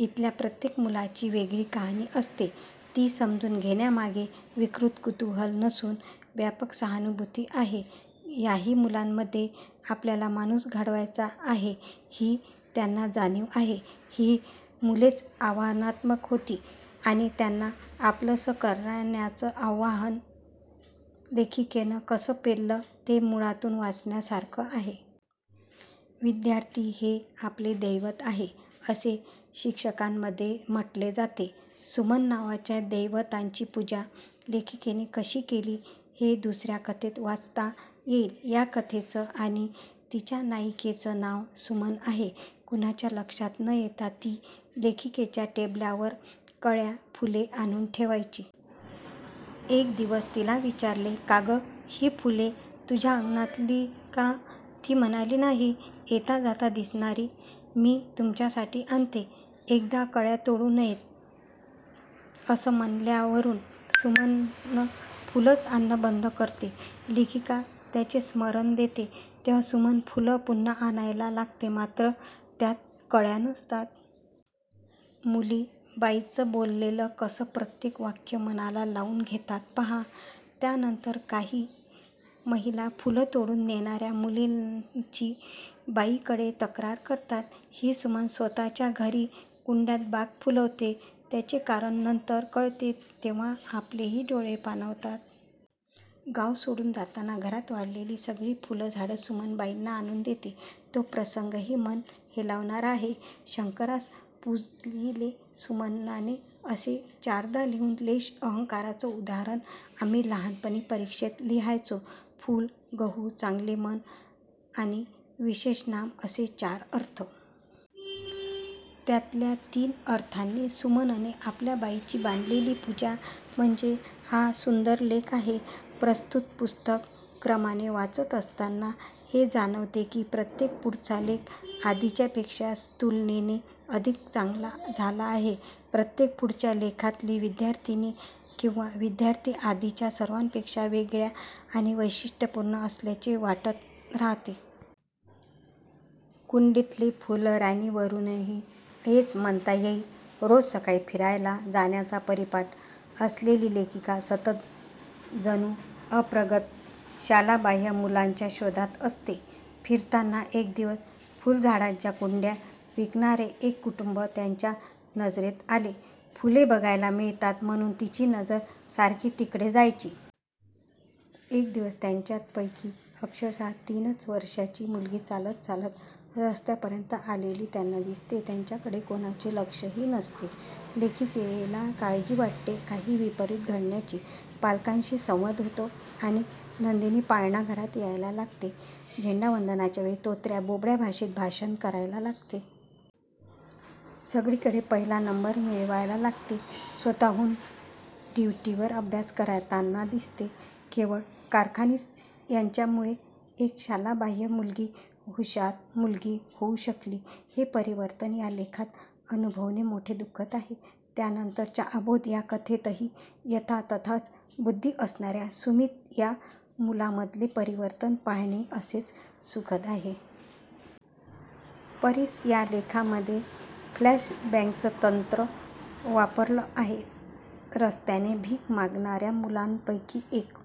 इथल्या प्रत्येक मुलाची वेगळी कहाणी असते. ती समजून घेण्यामागे विकृत कुतूहल नसून व्यापक सहानुभूती आहे. याही मुलांमध्ये आपल्याला माणूस घडवायचा आहे ही त्यांना जाणीव आहे. ही मुलेच आव्हानात्मक होती आणि त्यांना आपलंस करण्याचं आव्हान लेखिकेनं कसं पेललं ते मुळातून वाचण्यासारखं आहे. विद्यार्थी हे आपले दैवत आहे असे शिक्षकांमध्ये म्हटले जाते. सुमन नावाच्या दैवताची पूजा लेखिकेने कशी केली हे दुसऱ्या कथेत वाचता येईल. या कथेचे आणि तिच्या नायिकेचे नाव सुमन आहे. कुणाच्या लक्षात न येता ती लेखिकेच्या टेबलावर कळ्या, फुले आणून ठेवायची. एक दिवस तिला विचारले, का गं, ही फुलं तुझ्या अंगणातली का? ती म्हणाली, नाही, येता जाता दिसणारी मी तुमच्यासाठी आणते. एकदा कळ्या तोडू नयेत असं म्हणाल्यावरून सुमन फुलंच आणणं बंद करते. लेखिका त्याचे स्मरण देते तेव्हा सुमन फुलं पुन्हा आणायला लागते मात्र त्यात कळ्या नसतात. मुली बाईंचं बोललेलं कसं प्रत्येक वाक्य मनाला लावून घेतात पहा. त्यानंतर काही महिला फुलं तोडून नेणाऱ्या मुलींची बाईंकडे तक्रार करतात. ही सुमन स्वतःच्या घरी कुंड्यात बाग फुलवते. त्याचे कारण नंतर कळते. तेव्हा आपलेही डोळे पाणावतात. गाव सोडून जाताना घरात वाढवलेली सगळी फुलझाडं सुमन बाईंना आणून देते तो प्रसंगही मन हेलावणारा आहे. शंकरास पूजिले सुमनाने असं चारदा लिहून श्लेष अलंकाराचं उदाहरण आम्ही लहानपणी परीक्षेत लिहायचो. फूल, गहू, चांगले मन आणि विशेषनाम असे चार अर्थ. त्यातल्या तीन अर्थांनी सुमनने आपल्या बाईंची बांधलेली पूजा म्हणजे हा सुंदर लेख आहे. प्रस्तुत पुस्तक क्रमाने वाचत जाताना हे जाणवते की प्रत्येक पुढचा लेख आधीच्यापेक्षा तुलनेने अधिक चांगला झाला आहे. प्रत्येक पुढच्या लेखातली विद्यार्थिनी किंवा विद्यार्थी आधीच्या सर्वांपेक्षा वेगळा आणि वैशिष्ट्यपूर्ण असल्याचे वाटत राहते. कुंडीतली फुलराणीवरूनही हेच म्हणता येईल. रोज सकाळी फिरायला जाण्याचा परिपाठ असलेली लेखिका सतत जणू अप्रगत, शालाबाह्य मुलांच्या शोधातच असते. फिरताना एक दिवस फुलझाडांच्या कुंड्या विकणारे एक कुटुंब त्यांच्या नजरेत आले. फुले बघायला मिळतात म्हणून तिची नजर सारखी तिकडे जायची. एक दिवस त्यांच्यापैकी अक्षरशः तीनच वर्षांची मुलगी चालत चालत रस्त्यापर्यंत आलेली त्यांना दिसते. तिच्याकडे कोणाचे लक्षही नसते. लेखिकेला काळजी वाटते काही विपरीत घडण्याची. पालकांशी संवाद होतो आणि नंदिनी पाळणाघरात यायला लागते. झेंडावंदनाच्या वेळी तोतऱ्या, बोबड्या भाषेत भाषण करायला लागते. सगळीकडे पहिला नंबर मिळवायला लागते. स्वतःहून दिवटीवर अभ्यास करताना दिसते. केवळ कारखानीस यांच्यामुळे एक शालाबाह्य मुलगी हुषार मुलगी होऊ शकली. हे परिवर्तन या लेखात अनुभवणे मोठे सुखद आहे. त्यानंतरच्या अबोध या कथेतही यथातथाच बुद्धी असणाऱ्या सुमित या मुलामधले परिवर्तन पाहणेही असेच सुखद आहे. परीस या लेखामध्ये फ्लॅशबॅकचं तंत्र वापरलं आहे. रस्त्याने भीक मागणाऱ्या मुलांपैकी एक